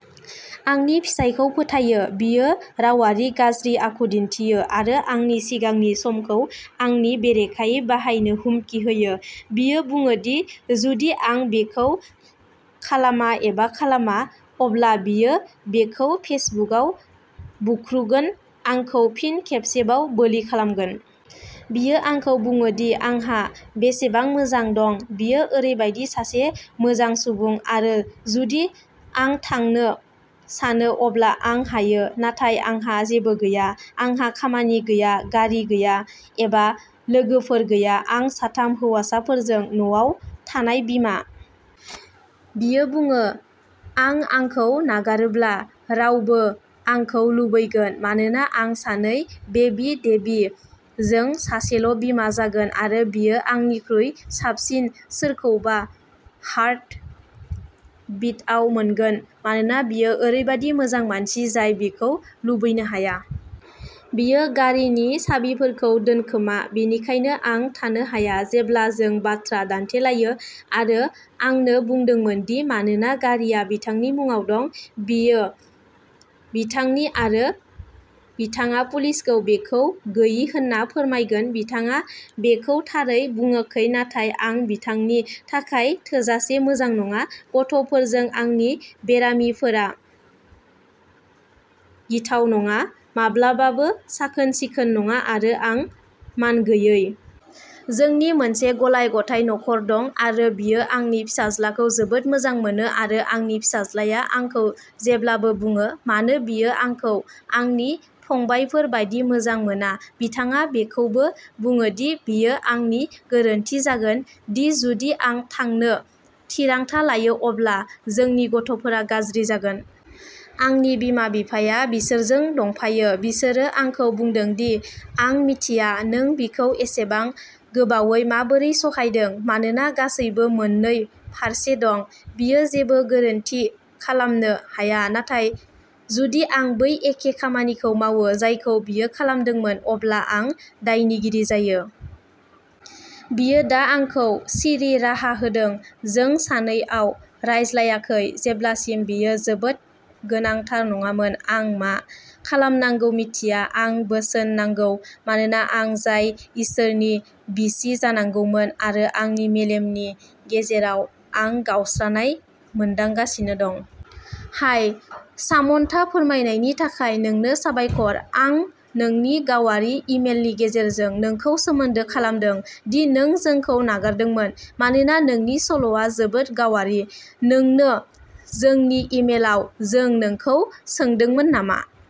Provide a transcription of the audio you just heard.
आंनि फिसायखौ फोथायो, बियो रावारि गाज्रि आखु दिन्थियो, आरो आंनि सिगांनि समखौ आंनि बेरेखायै बाहायनो हुमखि होयो। बियो बुङो दि जुदि आं बेखौ खालामा एबा खालामा, अब्ला बियो बेखौ फेसबुकआव बुख्रुगोन, आंखौ फिन खेबसेबाव बोलि खालामगोन। बियो आंखौ बुङो दि आंहा बेसेबां मोजां दं, बियो ओरैबायदि सासे मोजां सुबुं, आरो जुदि आं थांनो सानो, अब्ला आं हायो। नाथाय आंहा जेबो गैया। आंहा खामानि गैया, गारि गैया, एबा लोगोफोर गैया आं साथाम हौवासाफोरजों न'आव थानाय बिमा। बियो बुङो। आं आंखौ नागारोब्ला रावबो आंखौ लुबैगोन मानोना आं सानै "बेबी डेडी" जों सासेल'बिमा जागोन आरो बियो आंनिख्रुइ साबसिन सोरखौबा हार्ट बिटआव मोनगोन मानोना बियो ओरैबायदि मोजां मानसि, जाय बिखौ लुबैनो हाया। बियो गारिनि साबिफोरखौ दोनखोमा, बेनिखायनो आं थांनो हाया, जेब्ला जों बाथ्रा दान्थेलायो, आरो आंनो बुंदोंमोन दि मानोना गारिआ बिथांनि मुंआव दं, बेयो बिथांनि, आरो बिथाङा पुलिसखौ बेखौ गोयि होनना फोरमायगोन बिथाङा बेखौ थारै बुंङाखै नाथाय आं बिथांनि थाखाय थोजासे मोजां नङा, गथ'फोरजों आंनि बेरामिफोरा गिथाव, न'आ माब्लाबाबो साखोन-सिखोन नङा, आरो आं मानगैयै। जोंनि मोनसे गलाय-गथाय नखर दं आरो बियो आंनि फिसाज्लाखौ जोबोद मोजां मोनो आरो आंनि फिसाज्लाया आंखौ जेब्लाबो बुङो "मानो बियो आंखौ आंनि फंबायफोर बायदि मोजां मोना" बिथाङा बेखौबो बुङो दि बेयो आंनि गोरोन्थि जागोन दि जुदि आं थांनो थिरांथा लायो अब्ला जोंनि गथ'फोरा गाज्रि जागोन। आंनि बिमा-बिफाया बिसोरजों दंफायो। बिसोरो आंखौ बुंदों दि आं मिथिया नों बिखौ एसेबां गोबावै माबोरै सहायदों। मानोना गासैबो मोननै फारसे दं... बियो जेबो गोरोन्थि खालामनो हाया, नाथाय जुदि आं बै एखे खामानिखौ मावो जायखौ बियो खालामदोंमोन, अब्ला आं दायनिगिरि जायो। बियो दा आंखौ सिरि राहा होदों... जों साननैआव रायज्लायाखै जेब्लासिम बेयो जोबोद गोनांथार नङामोन। आं मा खालामनांगौ मिथिया। आं बोसोन नांगौ मानोना आं जाय इसोरनि बिसि जानांगौमोन, आरो आंनि मेलेमनि गेजेराव आं गावस्रानाय मोनदांगासिनो दं। हाय सामन्था। फोरमायनायनि थाखाय नोंनो साबायखर। आं नोंनि गावारि इमेलनि गेजेरजों नोंखौ सोमोन्दो खालामदों दि नों जोंखौ नागारदोंमोन मानोना नोंनि सल'आ जोबोद गावारि। नोंनो जोंनि इमेलआव जों नोंखौ सोंदोंमोन नामा?